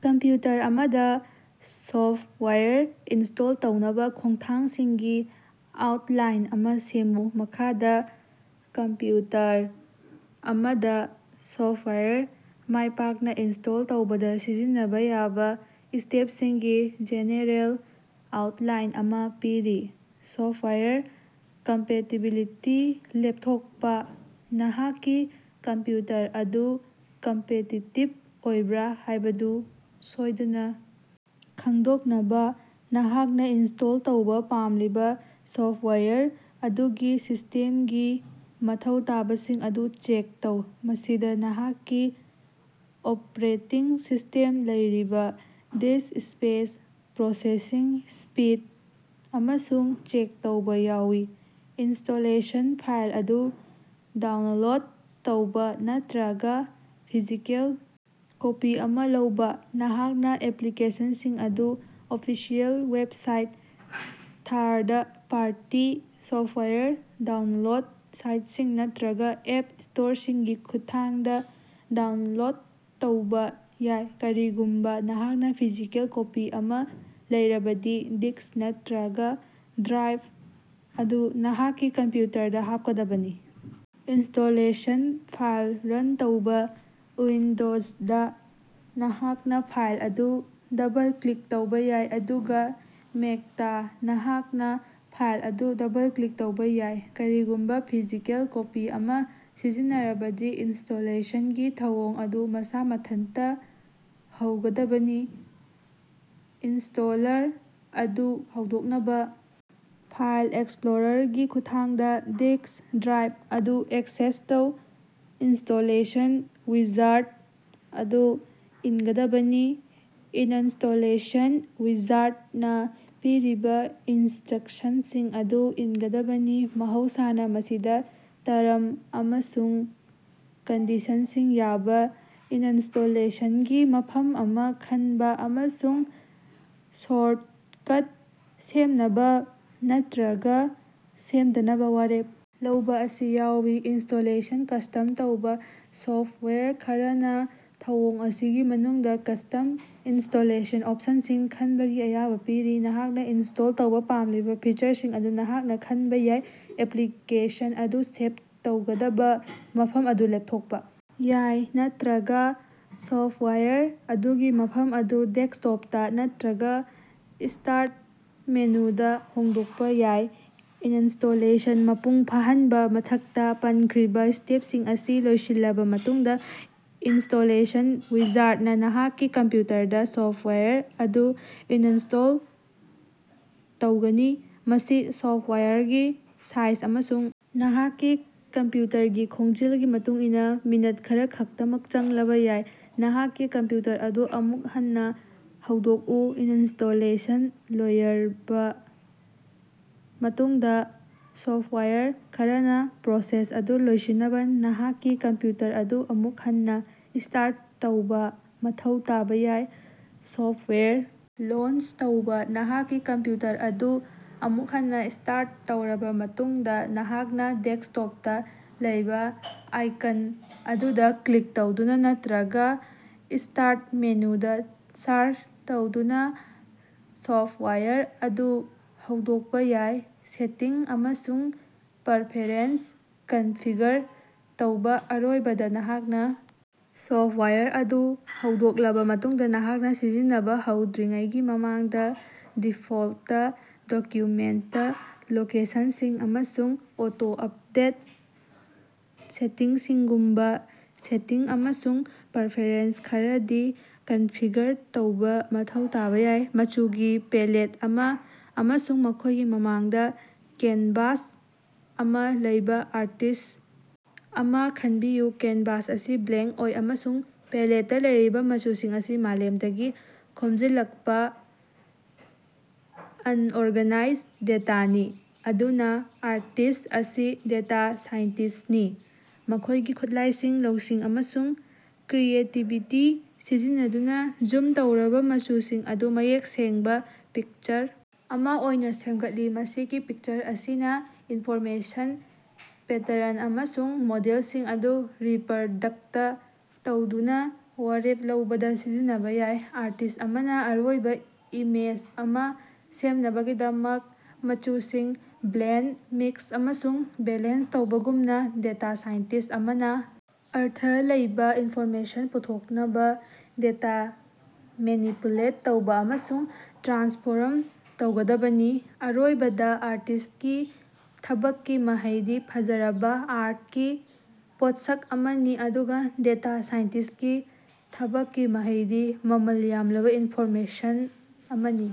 Computer ꯑꯃꯗꯥ software install ꯇꯧꯅꯕꯥ ꯈꯣꯡꯊꯥꯡꯁꯤꯡꯒꯤ ꯑꯥꯎꯇꯂꯥꯏꯟ ꯑꯃꯥ ꯁꯦꯝꯃꯨ꯫ ꯃꯈꯥꯗꯥ ꯀꯝꯄ꯭ꯌꯨꯇꯔ ꯑꯃꯗꯥ ꯁꯣꯐꯇꯋꯥꯌꯔ ꯃꯥꯢꯄꯥꯛꯅꯥ ꯏꯟꯁꯇꯣꯜ ꯇꯧꯕꯗꯥ ꯁꯤꯖꯤꯟꯅꯕꯥ ꯌꯥꯕꯥ ꯁ꯭ꯇꯦꯞꯁꯤꯡꯒꯤ ꯖꯦꯅꯦꯔꯦꯜ ꯑꯥꯎꯇꯂꯥꯏꯟ ꯑꯃꯥ ꯄꯤꯔꯤ: ꯁꯣꯐꯇꯋꯥꯌꯔ ꯀꯝꯄꯦꯇꯤꯕꯤꯂꯤꯇꯤ ꯂꯦꯞꯊꯣꯛꯄꯥ: ꯅꯍꯥꯛꯀꯤ ꯀꯝꯄ꯭ꯌꯨꯇꯔ ꯑꯗꯨ ꯀꯝꯄꯦꯇꯤꯇꯤꯕ ꯑꯣꯏꯕ꯭ꯔꯥ ꯍꯥꯢꯕꯗꯨ ꯁꯣꯢꯗꯅꯥ ꯈꯪꯗꯣꯛꯅꯕꯥ ꯅꯍꯥꯛꯅꯥ ꯏꯟꯁꯇꯣꯜ ꯇꯧꯕꯥ ꯄꯥꯝꯂꯤꯕꯥ ꯁꯣꯐꯇꯋꯥꯌꯔ ꯑꯗꯨꯒꯤ ꯁꯤꯁꯇꯦꯝꯒꯤ ꯃꯊꯧ ꯇꯥꯕꯁꯤꯡ ꯑꯗꯨ ꯆꯦꯛ ꯇꯧ꯫ ꯃꯁꯤꯗꯥ ꯅꯍꯥꯛꯀꯤ ꯑꯣꯄ꯭ꯔꯦꯇꯤꯡ ꯁꯤꯁꯇꯦꯝ ꯂꯩꯔꯤꯕꯥ ꯗꯤꯁ ꯁ꯭ꯄꯦꯁ, ꯄ꯭ꯔꯣꯁꯦꯁꯤꯡ ꯁ꯭ꯄꯤꯗ ꯑꯃꯁꯨꯡ ꯆꯦꯛ ꯇꯧꯕꯥ ꯌꯥꯎꯏ꯫ ꯏꯟꯁꯇꯣꯂꯦꯁꯟ ꯐꯥꯏꯜ ꯑꯗꯨ ꯗꯥꯎꯅꯂꯣꯗ ꯇꯧꯕꯥ ꯅꯠꯇ꯭ꯔꯒꯥ ꯐꯤꯖꯤꯀꯦꯜ ꯀꯣꯄꯤ ꯑꯃꯥ ꯂꯧꯕꯥ: ꯅꯍꯥꯛꯅꯥ ꯑꯦꯄ꯭ꯂꯤꯀꯦꯁꯟꯁꯤꯡ ꯑꯗꯨ official website third party software download ꯁꯥꯏꯇꯁꯤꯡ ꯅꯠꯇ꯭ꯔꯒꯥ ꯑꯦꯞ ꯁ꯭ꯇꯣꯔꯁꯤꯡꯒꯤ ꯈꯨꯠꯊꯥꯡꯗꯥ ꯗꯥꯎꯅꯂꯣꯗ ꯇꯧꯕꯥ ꯌꯥꯏ꯫ ꯀꯔꯤꯒꯨꯝꯕꯥ ꯅꯍꯥꯛꯅꯥ ꯐꯤꯖꯤꯀꯦꯜ ꯀꯣꯄꯤ ꯑꯃꯥ ꯂꯩꯔꯕꯗꯤ ꯗꯤꯛꯁ ꯅꯠꯇ꯭ꯔꯒꯥ ꯗ꯭ꯔꯥꯏꯚ ꯑꯗꯨ ꯅꯍꯥꯛꯀꯤ ꯀꯝꯄ꯭ꯌꯨꯇꯔꯗꯥ ꯍꯥꯞꯀꯗꯕꯅꯤ꯫ ꯏꯟꯁꯇꯣꯂꯦꯁꯟ ꯐꯥꯏꯜ ꯔꯟ ꯇꯧꯕꯥ: ꯎꯏꯟꯗꯣꯖꯗꯥ ꯅꯍꯥꯛꯅꯥ ꯐꯥꯏꯜ ꯑꯗꯨ ꯗꯕꯜ-ꯀ꯭ꯂꯤꯛ ꯇꯧꯕꯥ ꯌꯥꯏ ꯑꯗꯨꯒꯥ ꯃꯦꯛꯇꯥ ꯅꯍꯥꯛꯅꯥ ꯐꯥꯏꯜ ꯑꯗꯨ ꯗꯕꯜ-ꯀ꯭ꯂꯤꯛ ꯇꯧꯕꯥ ꯌꯥꯏ꯫ ꯀꯔꯤꯒꯨꯝꯕꯥ ꯐꯤꯖꯤꯀꯦꯜ ꯀꯣꯄꯤ ꯑꯃꯥ ꯁꯤꯖꯤꯟꯅꯔꯕꯗꯤ ꯏꯟꯁꯇꯣꯂꯦꯁꯟꯒꯤ ꯊꯧꯑꯣꯡ ꯑꯗꯨ ꯃꯁꯥ ꯃꯊꯟꯇꯥ ꯍꯧꯒꯗꯕꯅꯤ꯫ ꯏꯅꯁ꯭ꯇꯣꯂꯔ ꯑꯗꯨ ꯍꯧꯗꯣꯛꯅꯕꯥ ꯐꯥꯏꯜ ꯑꯦꯛꯁꯄ꯭ꯂꯣꯔꯥꯔꯒꯤ ꯈꯨꯠꯊꯥꯡꯗꯥ ꯗꯤꯛꯁ/ꯗ꯭ꯔꯥꯏꯚ ꯑꯗꯨ ꯑꯦꯛꯁꯦꯁ ꯇꯧ꯫ ꯏꯟꯁꯇꯣꯂꯦꯁꯟ ꯋꯤꯖꯥꯔꯗ ꯑꯗꯨ ꯏꯟꯒꯗꯕꯅꯤ ꯏꯅꯟꯁꯇꯣꯂꯦꯁꯟ ꯋꯤꯖꯥꯔꯗꯅꯥ ꯄꯤꯔꯤꯕꯥ ꯏꯟꯁꯇ꯭ꯔꯛꯁꯟꯁꯤꯡ ꯑꯗꯨ ꯏꯟꯒꯗꯕꯅꯤ꯫ ꯃꯍꯧꯁꯥꯅꯥ ꯃꯁꯤꯗꯥ ꯇꯔꯝ ꯑꯃꯁꯨꯡ ꯀꯟꯗꯤꯁꯟꯁꯤꯡ ꯌꯥꯕꯥ ꯏꯅꯟꯁꯇꯣꯂꯦꯁꯟꯒꯤ ꯃꯐꯝ ꯑꯃꯥ ꯈꯟꯕꯥ ꯑꯃꯁꯨꯡ ꯁꯣꯔꯇꯀꯠ ꯁꯦꯝꯅꯕꯥ ꯅꯠꯇ꯭ꯔꯒꯥ ꯁꯦꯝꯗꯅꯕꯥ ꯋꯥꯔꯦꯞ ꯂꯧꯕꯥ ꯑꯁꯤ ꯌꯥꯎꯏ꯫ ꯏꯟꯁꯇꯣꯂꯦꯁꯟ ꯀꯁ꯭ꯇꯝ ꯇꯧꯕꯥ ꯁꯣꯐꯇꯋꯦꯔ ꯈꯔꯅꯥ ꯊꯧꯑꯣꯡ ꯑꯁꯤꯒꯤ ꯃꯅꯨꯡꯗꯥ ꯀꯁ꯭ꯇꯝ ꯏꯟꯁꯇꯣꯂꯦꯁꯟ ꯑꯣꯄꯁꯟꯁꯤꯡ ꯈꯟꯕꯒꯤ ꯑꯌꯥꯕꯥ ꯄꯤꯔꯤ꯫ ꯅꯍꯥꯛꯅꯥ ꯏꯟꯁꯇꯣꯜ ꯇꯧꯕꯥ ꯄꯥꯝꯂꯤꯕꯥ ꯐꯤꯆꯔꯁꯤꯡ ꯑꯗꯨ ꯅꯍꯥꯛꯅꯥ ꯈꯟꯕꯥ ꯌꯥꯏ ꯑꯦꯄ꯭ꯂꯤꯀꯦꯁꯟ ꯑꯗꯨ ꯁꯦꯚ ꯇꯧꯒꯗꯕꯥ ꯃꯐꯝ ꯑꯗꯨ ꯂꯦꯞꯊꯣꯛꯄꯥ ꯌꯥꯏ ꯅꯠꯇ꯭ꯔꯒꯥ ꯁꯣꯐꯇꯋꯥꯌꯔ ꯑꯗꯨꯒꯤ ꯃꯐꯝ ꯑꯗꯨ ꯗꯦꯁ꯭ꯀꯇꯣꯞꯇꯥ ꯅꯠꯇ꯭ꯔꯒꯥ ꯁ꯭ꯇꯥꯔꯠ ꯃꯦꯅꯨꯗꯥ ꯍꯣꯡꯗꯣꯛꯄꯥ ꯌꯥꯏ꯫ ꯏꯅꯟꯁꯇꯣꯂꯦꯁꯟ ꯃꯄꯨꯡ ꯐꯥꯍꯟꯕꯥ: ꯃꯊꯛꯇꯥ ꯄꯟꯈ꯭ꯔꯤꯕꯥ ꯁ꯭ꯇꯦꯞꯁꯤꯡ ꯑꯁꯤ ꯂꯣꯢꯁꯤꯜꯂꯕꯥ ꯃꯇꯨꯡꯗꯥ, ꯏꯟꯁꯇꯣꯂꯦꯁꯟ ꯋꯤꯖꯥꯔꯗꯅꯥ ꯅꯍꯥꯛꯀꯤ ꯀꯝꯄ꯭ꯌꯨꯇꯔꯗꯥ ꯁꯣꯐꯇꯋꯥꯌꯔ ꯑꯗꯨ ꯏꯅꯁ꯭ꯇꯣꯜ ꯇꯧꯒꯅꯤ꯫ ꯃꯁꯤ ꯁꯣꯐꯇꯋꯥꯌꯔꯒꯤ ꯁꯥꯏꯖ ꯑꯃꯁꯨꯡ ꯅꯍꯥꯛꯀꯤ ꯀꯝꯄ꯭ꯌꯨꯇꯔꯒꯤ ꯈꯣꯡꯖꯦꯜꯒꯤ ꯃꯇꯨꯡꯏꯟꯅꯥ ꯃꯤꯅꯠ ꯈꯔꯈꯛꯇꯃꯛ ꯆꯪꯂꯕꯥ ꯌꯥꯏ꯫ ꯅꯍꯥꯛꯀꯤ ꯀꯝꯄ꯭ꯌꯨꯇꯔ ꯑꯗꯨ ꯑꯃꯨꯛ ꯍꯟꯅꯥ ꯍꯧꯗꯣꯛꯎ ꯏꯅꯟꯁꯇꯣꯂꯦꯁꯟ ꯂꯣꯌꯔꯕꯥ ꯃꯇꯨꯡꯗꯥ ꯁꯣꯐꯇꯋꯥꯌꯔ ꯈꯔꯅꯥ ꯄ꯭ꯔꯣꯁꯦꯁ ꯑꯗꯨ ꯂꯣꯢꯁꯤꯟꯅꯕꯥ ꯅꯍꯥꯛꯀꯤ ꯀꯝꯄ꯭ꯌꯨꯇꯔ ꯑꯗꯨ ꯑꯃꯨꯛ ꯍꯟꯅꯥ ꯁ꯭ꯇꯥꯔꯠ ꯇꯧꯕꯥ ꯃꯊꯧ ꯇꯥꯕꯥ ꯌꯥꯏ꯫ ꯁꯣꯐ꯭ꯇꯋꯦꯔ ꯂꯣꯟꯆ ꯇꯧꯕꯥ: ꯅꯍꯥꯛꯀꯤ ꯀꯝꯄ꯭ꯌꯨꯇꯔ ꯑꯗꯨ ꯑꯃꯨꯛ ꯍꯟꯅꯥ ꯁ꯭ꯇꯥꯔꯠ ꯇꯧꯔꯕꯥ ꯃꯇꯨꯡꯗꯥ ꯅꯍꯥꯛꯅꯥ ꯗꯦꯛꯁꯇꯣꯞꯇꯥ ꯂꯩꯕꯥ ꯑꯥꯏꯀꯟ ꯑꯗꯨꯗꯥ ꯀ꯭ꯂꯤꯛ ꯇꯧꯗꯨꯅꯥ ꯅꯠꯇ꯭ꯔꯒꯥ ꯁ꯭ꯇꯥꯔꯠ ꯃꯦꯅꯨꯗꯥ ꯁꯥꯔꯆ ꯇꯧꯗꯨꯅꯥ ꯁꯣꯐꯇꯋꯥꯌꯔ ꯑꯗꯨ ꯍꯧꯗꯣꯛꯄꯥ ꯌꯥꯏ꯫ ꯁꯦꯇꯤꯡ ꯑꯃꯁꯨꯡ ꯄꯔꯐꯦꯔꯦꯟꯁ ꯀꯟꯐꯤꯒꯔ ꯇꯧꯕ ꯑꯔꯣꯏꯕꯗꯥ ꯅꯍꯥꯛꯅꯥ ꯁꯣꯐ꯭ꯇꯋꯥꯌꯔ ꯑꯗꯨ ꯍꯧꯗꯣꯛꯂꯕꯥ ꯃꯇꯨꯡꯗꯥ ꯅꯍꯥꯛꯅꯥ ꯁꯤꯖꯤꯟꯅꯕꯥ ꯍꯧꯗ꯭ꯔꯤꯉꯩꯒꯤ ꯃꯃꯥꯡꯗꯥ ꯗꯤꯐꯣꯜꯇ ꯗꯣꯀ꯭ꯌꯨꯃꯦꯟꯇ ꯂꯣꯀꯦꯁꯟꯁꯤꯡ ꯑꯃꯁꯨꯡ ꯑꯣꯇꯣ-ꯎꯞꯗꯦꯠ ꯁꯦꯇꯤꯡꯁꯤꯡꯒꯨꯝꯕꯥ ꯁꯦꯇꯤꯡ ꯑꯃꯁꯨꯡ ꯄꯔꯐꯦꯔꯦꯟꯁ ꯈꯔꯗꯤ ꯀꯟꯐꯤꯒꯔ ꯇꯧꯕꯥ ꯃꯊꯧ ꯇꯥꯕꯥ ꯌꯥꯏ꯫ ꯃꯆꯨꯒꯤ ꯄꯦꯂꯦꯠ ꯑꯃꯥ ꯑꯃꯁꯨꯡ ꯃꯈꯣꯢꯒꯤ ꯃꯃꯥꯡꯗꯥ ꯀꯦꯟꯚꯥꯁ ꯑꯃꯥ ꯂꯩꯕꯥ ꯑꯥꯔꯇꯤꯁ꯭ ꯑꯃꯥ ꯈꯟꯕꯤꯌꯨ꯫ ꯀꯦꯟꯚꯥꯁ ꯑꯁꯤ ꯕ꯭ꯂꯦꯡꯀ ꯑꯣꯢ ꯑꯃꯁꯨꯡ ꯄꯦꯂꯦꯠꯇꯥ ꯂꯩꯔꯤꯕꯥ ꯃꯆꯨꯁꯤꯡ ꯑꯁꯤ ꯃꯥꯂꯦꯝꯗꯒꯤ ꯈꯣꯝꯖꯤꯜꯂꯛꯄꯥ ꯑꯟꯑꯣꯔꯒꯅꯥꯏꯖ ꯗꯦꯇꯥꯅꯤ꯫ ꯑꯗꯨꯅꯥ ꯑꯥꯔꯇꯤꯁ꯭ꯠ ꯑꯁꯤ ꯗꯦꯇꯥ ꯁꯥꯏꯟꯇꯤꯁ꯭ꯇꯅꯤ, ꯃꯈꯣꯢꯒꯤ ꯈꯨꯠꯂꯥꯢꯁꯤꯡ ꯂꯧꯁꯤꯡ ꯑꯃꯁꯨꯡ ꯀ꯭ꯔꯤꯌꯦꯇꯤꯕꯤꯇꯤ ꯁꯤꯖꯤꯟꯅꯗꯨꯅꯥ ꯖꯨꯝ ꯇꯧꯔꯕꯥ ꯃꯆꯨꯁꯤꯡ ꯑꯗꯨ ꯃꯌꯦꯛ ꯁꯦꯡꯕꯥ ꯄꯤꯛꯆꯔ ꯑꯃꯥ ꯑꯣꯏꯅꯥ ꯁꯦꯃꯒꯠꯂꯤ꯫ ꯃꯁꯤꯒꯤ ꯄꯤꯛꯆꯔ ꯑꯁꯤꯅꯥ ꯏꯟꯐꯣꯔꯃꯦꯁꯟ, ꯄꯦꯇꯔꯟ ꯑꯃꯁꯨꯡ ꯃꯣꯗꯦꯂꯁꯤꯡ ꯑꯗꯨ ꯔꯤꯄꯔꯗꯛꯇ ꯇꯧꯗꯨꯅꯥ ꯋꯥꯔꯦꯞ ꯂꯧꯕꯗꯥ ꯁꯤꯖꯤꯟꯅꯕꯥ ꯌꯥꯏ꯫ ꯑꯥꯔꯇꯤꯁ ꯑꯃꯅꯥ ꯑꯔꯣꯏꯕꯥ ꯏꯃꯦꯖ ꯑꯃꯥ ꯁꯦꯝꯅꯕꯒꯤꯗꯃꯛ ꯃꯆꯨꯁꯤꯡ ꯕ꯭ꯂꯦꯟꯗ, ꯃꯤꯛꯁ ꯑꯃꯁꯨꯡ ꯕꯦꯂꯦꯟꯁ ꯇꯧꯕꯒꯨꯝꯅꯥ, ꯗꯦꯇꯥ ꯁꯥꯏꯟꯇꯤꯁ꯭ꯠ ꯑꯃꯅꯥ ꯑꯔꯊ ꯂꯩꯕꯥ ꯏꯟꯐꯣꯔꯃꯦꯁꯟ ꯄꯨꯊꯣꯛꯅꯕꯥ ꯗꯦꯇꯥ ꯃꯦꯅꯤꯄꯨꯂꯦꯠ ꯇꯧꯕꯥ ꯑꯃꯁꯨꯡ ꯇ꯭ꯔꯥꯟꯁꯐꯣꯔꯝ ꯇꯧꯒꯗꯕꯅꯤ꯫ ꯑꯔꯣꯏꯕꯗꯥ ꯑꯥꯔꯇꯤꯁ ꯀꯤ ꯊꯕꯛꯀꯤ ꯃꯍꯩꯗꯤ ꯐꯖꯔꯕꯥ ꯑꯥꯔꯇꯀꯤ ꯄꯣꯠꯁꯛ ꯑꯃꯅꯤ ꯑꯗꯨꯒꯥ ꯗꯦꯇꯥ ꯁꯥꯏꯟꯇꯤꯁꯀꯤ ꯊꯕꯛꯀꯤ ꯃꯍꯩꯗꯤ ꯃꯃꯜ ꯌꯥꯝꯂꯕꯥ ꯏꯟꯐꯣꯔꯃꯦꯁꯟ ꯑꯃꯅꯤ꯫